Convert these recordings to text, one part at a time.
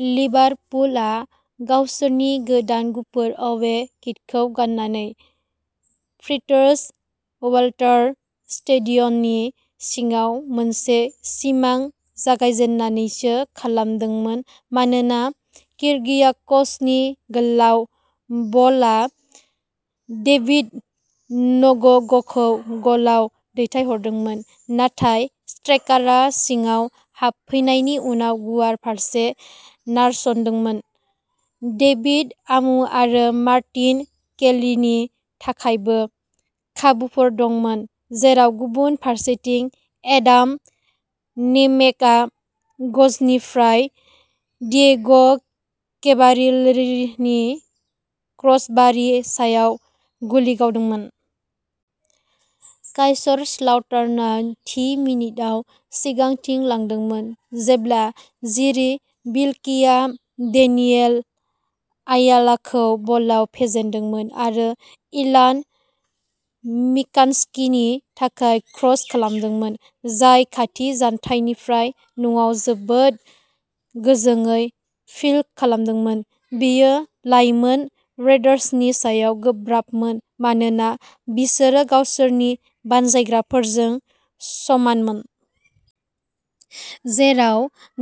लिभारपुलआ, गावसोरनि गोदान गुफुर अवे किटखौ गाननानै, फ्रिट्ज वाल्टार स्टेडिय'ननि सिङाव मोनसे सिमां जागायजेन्नायसो खालामदोंमोन मानोना किर्गियाक'सनि गोलाव बलआ डेभिड नग'गखौ गलआव दैथायहरदोंमोन, नाथाय स्ट्राइकारआ सिङाव हाबफैनायनि उनाव गुवार फारसे नारस'दोंमोन। डेभिड आमू आरो मार्टिन केलीनि थाखायबो खाबुफोर दंमोन, जेराव गुबुन फारसेथिं एडाम नेमेकआ गजनिफ्राय डियेग'केभालियेरीनि क्रसबारनि सायाव गुलि गावदोंमोन। काइसरस्लाउटार्ना थि मिनिटआव सिगांथि लादोंमोन जेब्ला जिरी बिल्कीआ डेनियेल आयालाखौ बलआव फेजेन्दोंमोन आरो इलान मिकान्स्कीनि थाखाय क्रस खालामदोंमोन, जाय खाथि जानथायनिफ्राय न'आव जोबोद गोजोंयै फ्लिक खालामदोंमोन। बेयो लाइमोन रेड्सनि सायाव गोब्राबमोन मानोना बिसोर गावसोरनि बानजायग्राफोरजों समानमोन। जेराव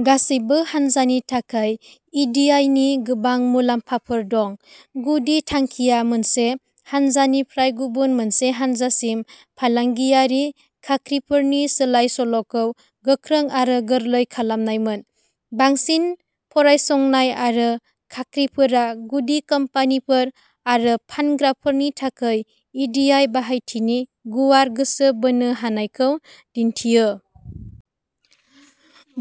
गासैबो हान्जानि थाखाय इडिआइनि गोबां मुलाम्फाफोर दं, गुदि थांखिया मोनसे हानजानिफ्राय गुबुन मोनसे हान्जासिम फालांगियारि खाख्रिफोरनि सोलाय-सोल'खौ गोख्रों आरो गोरलै खालामनायमोन। बांसिन फरायसंनाय आरो खाख्रिफोरा गिदिर कम्पानिफोर आरो फानग्राफोरनि थाखाय इडिआइ बाहायथिनि गुवार गोसो बोनो हानायखौ दिन्थियो।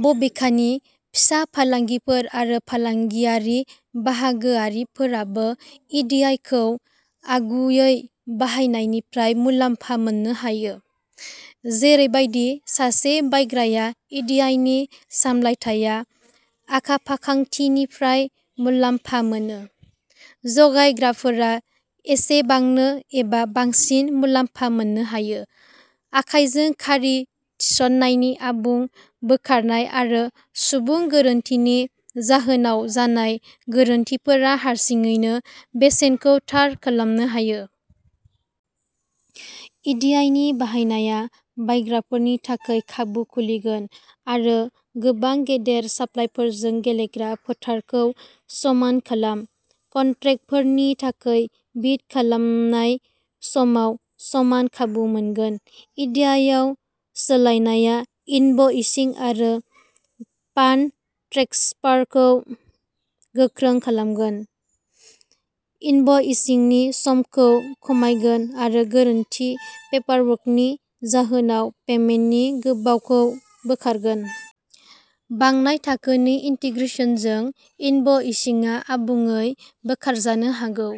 बबेखानि, फिसा फालांगिफोर आरो फालांगियारि बाहागोआरिफोराबो इडिआइखौ आगुयै बाहायनायनिफ्राय मुलाम्फा मोननो हायो। जेरैबादि सासे बायग्राया इडिआइनि सामलायथाय आखाफाखांथिनिफ्राय मुलाम्फा मोनो, जगायग्राफोरा एसेबांनो एबा बांसिन मुलामफा मोननो हायो। आखाइजों खारि थिसननायनि आबुं बोखारनाय आरो सुबुं गोरोन्थिनि जाहोनाव जानाय गोरोन्थिफोरा हारसिङैनो बेसेनखौ थार खालामनो हायो। इडिआइनि बाहायनाया बायग्राफोरनि थाखाय खाबु खुलिगोन। आरो गोबां गेदेर साप्लायरफोरजों गेलेग्रा फोथारखौ समान खालाम। कन्ट्रेक्टफोरनि थाखाय बिद खालामनाय समाव समान खाबु मोनगोन। इडिआइआव सोलायनाया इनभ'इसिं आरो फान्ड ट्रेन्सफारखौ गोख्रै खालामगोन, इनभ'इसिंनि समखौ खमायगोन आरो गोरोन्थि पेपारवर्कनि जाहोनाव पेमेन्टनि गोबावखौ बोखारगोन। बांनाय थाखोनि इन्टिग्रेसनजों, इनभ'इसिंआ आबुङै बोखारजानो हागौ।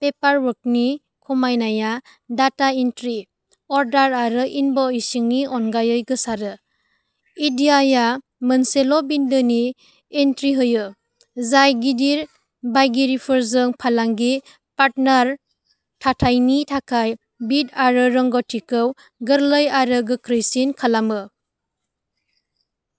पेपारवर्कनि खमायनाया डाटा एन्ट्रि, अर्डार आरो इनभ'इसिंनि अनगायै गोसारो। इडिआइआ मोनसेल'बिन्दोनि एन्ट्रि होयो, जाय गिदिर बायगिरिफोरजों फालांगि पार्टनार थाथायनि थाखाय बिड आरो रोंग'थिखौ गोरलै आरो गोख्रैसिन खालामो।